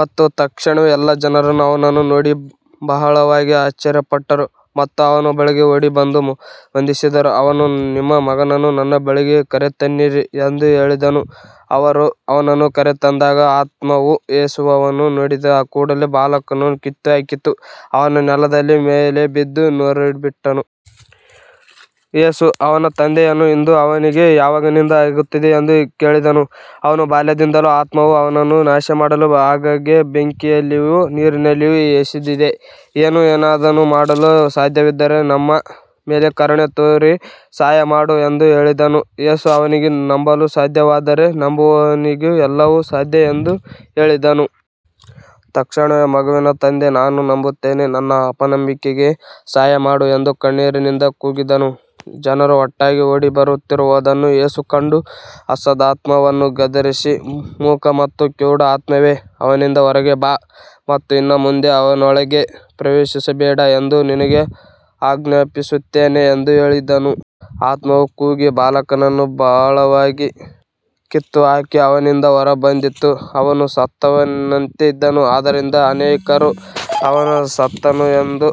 ಮತ್ತು ತಕ್ಷಣವೇ ಎಲ್ಲಾ ಜನರು ಅವನನ್ನು ನೋಡಿ ಬಹಳವಾಗಿ ಆಶ್ಚರ್ಯಪಟ್ಟರು ಮತ್ತು ಅವನ ಬಳಿಗೆ ಓಡಿಬಂದು ವಂದಿಸಿದರು. ಅವನು, ನಿಮ್ಮ ಮಗನನ್ನು ನನ್ನ ಬಳಿಗೆ ಕರೆತನ್ನಿರಿ ಎಂದು ಹೇಳಿದನು. ಅವರು ಅವನನ್ನು ಕರೆತಂದಾಗ ಆತ್ಮವು ಯೇಸುವನ್ನು ನೋಡಿದ ಕೂಡಲೆ ಬಾಲಕನನ್ನು ಕಿತ್ತುಹಾಕಿತು. ಅವನು ನೆಲದ ಮೇಲೆ ಬಿದ್ದು ನೊರೆಬಿಟ್ಟನು. ಯೇಸು ಅವನ ತಂದೆಯನ್ನು, ಇದು ಅವನಿಗೆ ಯಾವಾಗಿನಿಂದ ಆಗುತ್ತಿದೆ ಎಂದು ಕೇಳಿದನು. ಅವನು, ಬಾಲ್ಯದಿಂದಲೂ, ಆತ್ಮವು ಅವನನ್ನು ನಾಶಮಾಡಲು ಆಗಾಗ್ಗೆ ಬೆಂಕಿಯಲ್ಲಿಯೂ ನೀರಿನಲ್ಲಿಯೂ ಎಸೆದಿದೆ. ನೀನು ಏನಾದರೂ ಮಾಡಲು ಸಾಧ್ಯವಾದರೆ ನಮ್ಮ ಮೇಲೆ ಕರುಣೆ ತೋರಿ ಸಹಾಯಮಾಡು ಎಂದು ಹೇಳಿದನು. ಯೇಸು ಅವನಿಗೆ, ನಂಬಲು ಸಾಧ್ಯವಾದರೆ, ನಂಬುವವನಿಗೆ ಎಲ್ಲವೂ ಸಾಧ್ಯ ಎಂದು ಹೇಳಿದನು. ತಕ್ಷಣವೇ ಮಗುವಿನ ತಂದೆ, ನಾನು ನಂಬುತ್ತೇನೆ, ನನ್ನ ಅಪನಂಬಿಕೆಗೆ ಸಹಾಯಮಾಡು ಎಂದು ಕಣ್ಣೀರಿನಿಂದ ಕೂಗಿದನು. ಜನರು ಒಟ್ಟಾಗಿ ಓಡಿಬರುತ್ತಿರುವುದನ್ನು ಯೇಸು ಕಂಡು ಅಶುದ್ಧಾತ್ಮವನ್ನು ಗದರಿಸಿ, ಮೂಕ ಮತ್ತು ಕಿವುಡ ಆತ್ಮವೇ, ಅವನಿಂದ ಹೊರಗೆ ಬಾ ಮತ್ತು ಇನ್ನು ಮುಂದೆ ಅವನೊಳಗೆ ಪ್ರವೇಶಿಸಬೇಡ ಎಂದು ನಿನಗೆ ಆಜ್ಞಾಪಿಸುತ್ತೇನೆ ಎಂದು ಹೇಳಿದನು. ಆತ್ಮವು ಕೂಗಿ ಬಾಲಕನನ್ನು ಬಹಳವಾಗಿ ಕಿತ್ತುಹಾಕಿ ಅವನಿಂದ ಹೊರಬಂದಿತು. ಅವನು ಸತ್ತವನಂತೆ ಇದ್ದನು. ಆದ್ದರಿಂದ ಅನೇಕರು ಅವನು ಸತ್ತನು ಎಂದು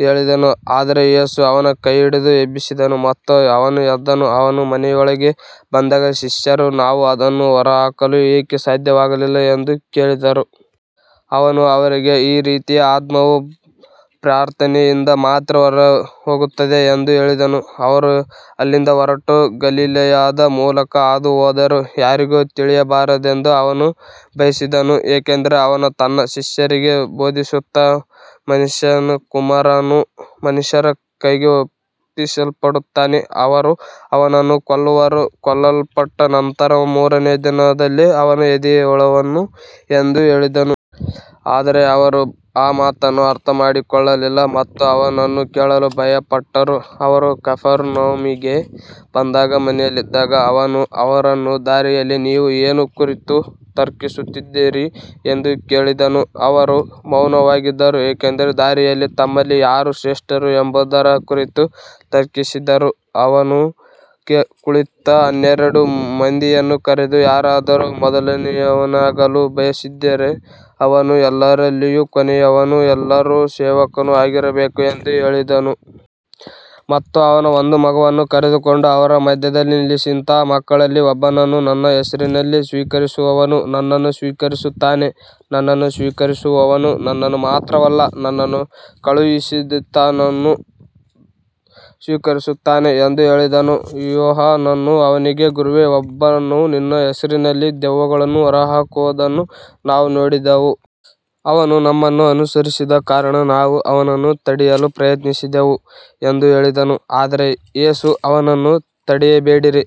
ಹೇಳಿದರು. ಆದರೆ ಯೇಸು ಅವನ ಕೈಹಿಡಿದು ಎಬ್ಬಿಸಿದನು ಮತ್ತು ಅವನು ಎದ್ದನು. ಅವನು ಮನೆಯೊಳಗೆ ಬಂದಾಗ ಶಿಷ್ಯರು, ನಾವು ಅದನ್ನು ಹೊರಹಾಕಲು ಏಕೆ ಸಾಧ್ಯವಾಗಲಿಲ್ಲ ಎಂದು ಕೇಳಿದರು. ಅವನು ಅವರಿಗೆ, ಈ ರೀತಿಯ ಆತ್ಮವು ಪ್ರಾರ್ಥನೆಯಿಂದ ಮಾತ್ರ ಹೊರಹೋಗುತ್ತದೆ ಎಂದು ಹೇಳಿದನು. ಅವರು ಅಲ್ಲಿಂದ ಹೊರಟು ಗಲಿಲಾಯದ ಮೂಲಕ ಹಾದುಹೋದರು. ಯಾರಿಗೂ ತಿಳಿಯಬಾರದೆಂದು ಅವನು ಬಯಸಿದನು, ಏಕೆಂದರೆ ಅವನು ತನ್ನ ಶಿಷ್ಯರಿಗೆ ಬೋಧಿಸುತ್ತಾ, ಮನುಷ್ಯಕುಮಾರನು ಮನುಷ್ಯರ ಕೈಗೆ ಒಪ್ಪಿಸಲ್ಪಡುತ್ತಾನೆ, ಅವರು ಅವನನ್ನು ಕೊಲ್ಲುವರು, ಕೊಲ್ಲಲ್ಪಟ್ಟ ನಂತರ ಮೂರನೆಯ ದಿನದಲ್ಲಿ ಅವನು ಎದ್ದೇಳುವನು ಎಂದು ಹೇಳಿದನು. ಆದರೆ ಅವರು ಆ ಮಾತನ್ನು ಅರ್ಥಮಾಡಿಕೊಳ್ಳಲಿಲ್ಲ ಮತ್ತು ಅವನನ್ನು ಕೇಳಲು ಭಯಪಟ್ಟರು. ಅವರು ಕಫೆರ್ನೌಮಿಗೆ ಬಂದಾಗ ಮನೆಯಲ್ಲಿದ್ದಾಗ ಅವನು ಅವರನ್ನು, ದಾರಿಯಲ್ಲಿ ನೀವು ಏನು ಕುರಿತು ತರ್ಕಿಸುತ್ತಿದ್ದಿರಿ ಎಂದು ಕೇಳಿದನು. ಅವರು ಮೌನವಾಗಿದ್ದರು, ಏಕೆಂದರೆ ದಾರಿಯಲ್ಲಿ ತಮ್ಮಲ್ಲಿ ಯಾರು ಶ್ರೇಷ್ಠರು ಎಂಬುದರ ಕುರಿತು ತರ್ಕಿಸಿದ್ದರು. ಅವನು ಕುಳಿತು ಹನ್ನೆರಡು ಮಂದಿಯನ್ನು ಕರೆದು, ಯಾರಾದರೂ ಮೊದಲನೆಯವನಾಗಲು ಬಯಸಿದರೆ ಅವನು ಎಲ್ಲರಲ್ಲಿಯೂ ಕೊನೆಯವನೂ ಎಲ್ಲರ ಸೇವಕನೂ ಆಗಿರಬೇಕು ಎಂದು ಹೇಳಿದನು. ಮತ್ತು ಅವನು ಒಂದು ಮಗುವನ್ನು ಕರೆದುಕೊಂಡು ಅವರ ಮಧ್ಯದಲ್ಲಿ ನಿಲ್ಲಿಸಿ, ಇಂತಹ ಮಕ್ಕಳಲ್ಲಿ ಒಬ್ಬನನ್ನು ನನ್ನ ಹೆಸರಿನಲ್ಲಿ ಸ್ವೀಕರಿಸುವವನು ನನ್ನನ್ನು ಸ್ವೀಕರಿಸುತ್ತಾನೆ. ನನ್ನನ್ನು ಸ್ವೀಕರಿಸುವವನು ನನ್ನನ್ನು ಮಾತ್ರವಲ್ಲ, ನನ್ನನ್ನು ಕಳುಹಿಸಿದಾತನನ್ನೂ ಸ್ವೀಕರಿಸುತ್ತಾನೆ ಎಂದು ಹೇಳಿದನು. ಯೋಹಾನನು ಅವನಿಗೆ, ಗುರುವೇ, ಒಬ್ಬನು ನಿನ್ನ ಹೆಸರಿನಲ್ಲಿ ದೆವ್ವಗಳನ್ನು ಹೊರಹಾಕುವುದನ್ನು ನಾವು ನೋಡಿದೆವು. ಅವನು ನಮ್ಮನ್ನು ಅನುಸರಿಸದ ಕಾರಣ ನಾವು ಅವನನ್ನು ತಡೆಯಲು ಪ್ರಯತ್ನಿಸಿದೆವು ಎಂದು ಹೇಳಿದನು. ಆದರೆ ಯೇಸು, ಅವನನ್ನು ತಡೆಯಬೇಡಿರಿ,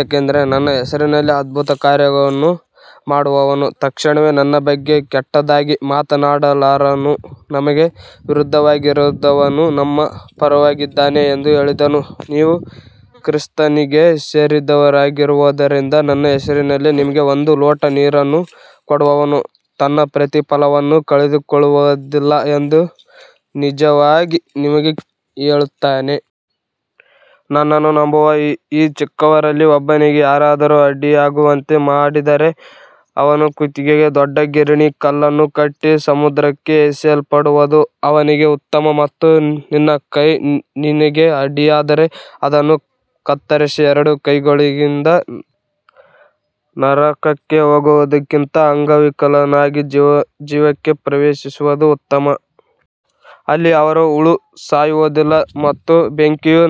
ಏಕೆಂದರೆ ನನ್ನ ಹೆಸರಿನಲ್ಲಿ ಅದ್ಭುತ ಕಾರ್ಯವನ್ನು ಮಾಡುವವನು ತಕ್ಷಣವೇ ನನ್ನ ಬಗ್ಗೆ ಕೆಟ್ಟದಾಗಿ ಮಾತನಾಡಲಾರನು. ನಮಗೆ ವಿರುದ್ಧವಾಗಿರದವನು ನಮ್ಮ ಪರವಾಗಿದ್ದಾನೆ ಎಂದು ಹೇಳಿದನು. ನೀವು ಕ್ರಿಸ್ತನಿಗೆ ಸೇರಿದವರಾಗಿರುವುದರಿಂದ ನನ್ನ ಹೆಸರಿನಲ್ಲಿ ನಿಮಗೆ ಒಂದು ಲೋಟ ನೀರನ್ನು ಕೊಡುವವನು ತನ್ನ ಪ್ರತಿಫಲವನ್ನು ಕಳೆದುಕೊಳ್ಳುವುದಿಲ್ಲ ಎಂದು ನಿಜವಾಗಿ ನಿಮಗೆ ಹೇಳುತ್ತೇನೆ. ನನ್ನನ್ನು ನಂಬುವ ಈ ಚಿಕ್ಕವರಲ್ಲಿ ಒಬ್ಬನಿಗೆ ಯಾರಾದರೂ ಅಡ್ಡಿಯಾಗುವಂತೆ ಮಾಡಿದರೆ, ಅವನ ಕುತ್ತಿಗೆಗೆ ದೊಡ್ಡ ಗಿರಣಿ ಕಲ್ಲನ್ನು ಕಟ್ಟಿ ಸಮುದ್ರಕ್ಕೆ ಎಸೆಯಲ್ಪಡುವುದು ಅವನಿಗೆ ಉತ್ತಮ. ಮತ್ತು ನಿನ್ನ ಕೈ ನಿನಗೆ ಅಡ್ಡಿಯಾದರೆ ಅದನ್ನು ಕತ್ತರಿಸು. ಎರಡು ಕೈಗಳೊಂದಿಗೆ ನರಕಕ್ಕೆ ಹೋಗುವುದಕ್ಕಿಂತ ಅಂಗವಿಕಲನಾಗಿ ಜೀವಕ್ಕೆ ಪ್ರವೇಶಿಸುವುದು ಉತ್ತಮ. ಅಲ್ಲಿ ಅವರ ಹುಳು ಸಾಯುವುದಿಲ್ಲ ಮತ್ತು ಬೆಂಕಿಯು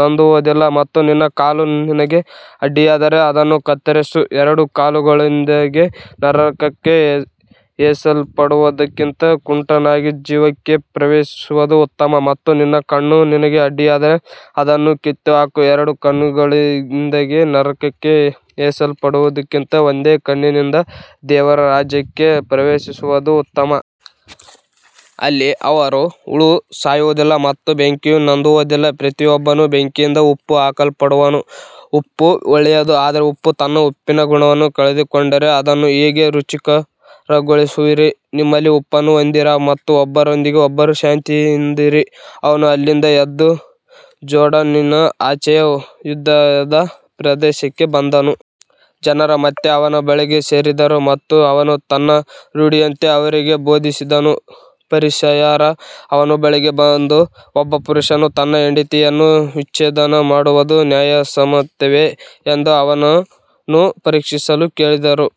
ನಂದುವುದಿಲ್ಲ. ಮತ್ತು ನಿನ್ನ ಕಾಲು ನಿನಗೆ ಅಡ್ಡಿಯಾದರೆ ಅದನ್ನು ಕತ್ತರಿಸು. ಎರಡು ಕಾಲುಗಳೊಂದಿಗೆ ನರಕಕ್ಕೆ ಎಸೆಯಲ್ಪಡುವುದಕ್ಕಿಂತ ಕುಂಟನಾಗಿ ಜೀವಕ್ಕೆ ಪ್ರವೇಶಿಸುವುದು ಉತ್ತಮ. ಮತ್ತು ನಿನ್ನ ಕಣ್ಣು ನಿನಗೆ ಅಡ್ಡಿಯಾದರೆ ಅದನ್ನು ಕಿತ್ತುಹಾಕು. ಎರಡು ಕಣ್ಣುಗಳೊಂದಿಗೆ ನರಕಕ್ಕೆ ಎಸೆಯಲ್ಪಡುವುದಕ್ಕಿಂತ ಒಂದೇ ಕಣ್ಣಿನಿಂದ ದೇವರ ರಾಜ್ಯಕ್ಕೆ ಪ್ರವೇಶಿಸುವುದು ಉತ್ತಮ. ಅಲ್ಲಿ ಅವರ ಹುಳು ಸಾಯುವುದಿಲ್ಲ ಮತ್ತು ಬೆಂಕಿಯು ನಂದುವುದಿಲ್ಲ. ಪ್ರತಿಯೊಬ್ಬನೂ ಬೆಂಕಿಯಿಂದ ಉಪ್ಪು ಹಾಕಲ್ಪಡುವನು. ಉಪ್ಪು ಒಳ್ಳೆಯದು, ಆದರೆ ಉಪ್ಪು ತನ್ನ ಉಪ್ಪಿನ ಗುಣವನ್ನು ಕಳೆದುಕೊಂಡರೆ ಅದನ್ನು ಹೇಗೆ ರುಚಿಕರಗೊಳಿಸುವಿರಿ. ನಿಮ್ಮಲ್ಲಿ ಉಪ್ಪನ್ನು ಹೊಂದಿರಿ ಮತ್ತು ಒಬ್ಬರೊಂದಿಗೆ ಒಬ್ಬರು ಶಾಂತಿಯಿಂದಿರಿ. ಅವನು ಅಲ್ಲಿಂದ ಎದ್ದು ಜೋರ್ಡಾನಿನ ಆಚೆಯ ಯೂದಾಯದ ಪ್ರದೇಶಕ್ಕೆ ಬಂದನು. ಜನರು ಮತ್ತೆ ಅವನ ಬಳಿಗೆ ಸೇರಿದರು ಮತ್ತು ಅವನು ತನ್ನ ರೂಢಿಯಂತೆ ಅವರಿಗೆ ಬೋಧಿಸಿದನು. ಫರಿಸಾಯರು ಅವನ ಬಳಿಗೆ ಬಂದು, ಒಬ್ಬ ಪುರುಷನು ತನ್ನ ಹೆಂಡತಿಯನ್ನು ವಿಚ್ಛೇದನ ಮಾಡುವುದು ನ್ಯಾಯಸಮ್ಮತವೇ ಎಂದು ಅವನನ್ನು ಪರೀಕ್ಷಿಸಲು ಕೇಳಿದರು.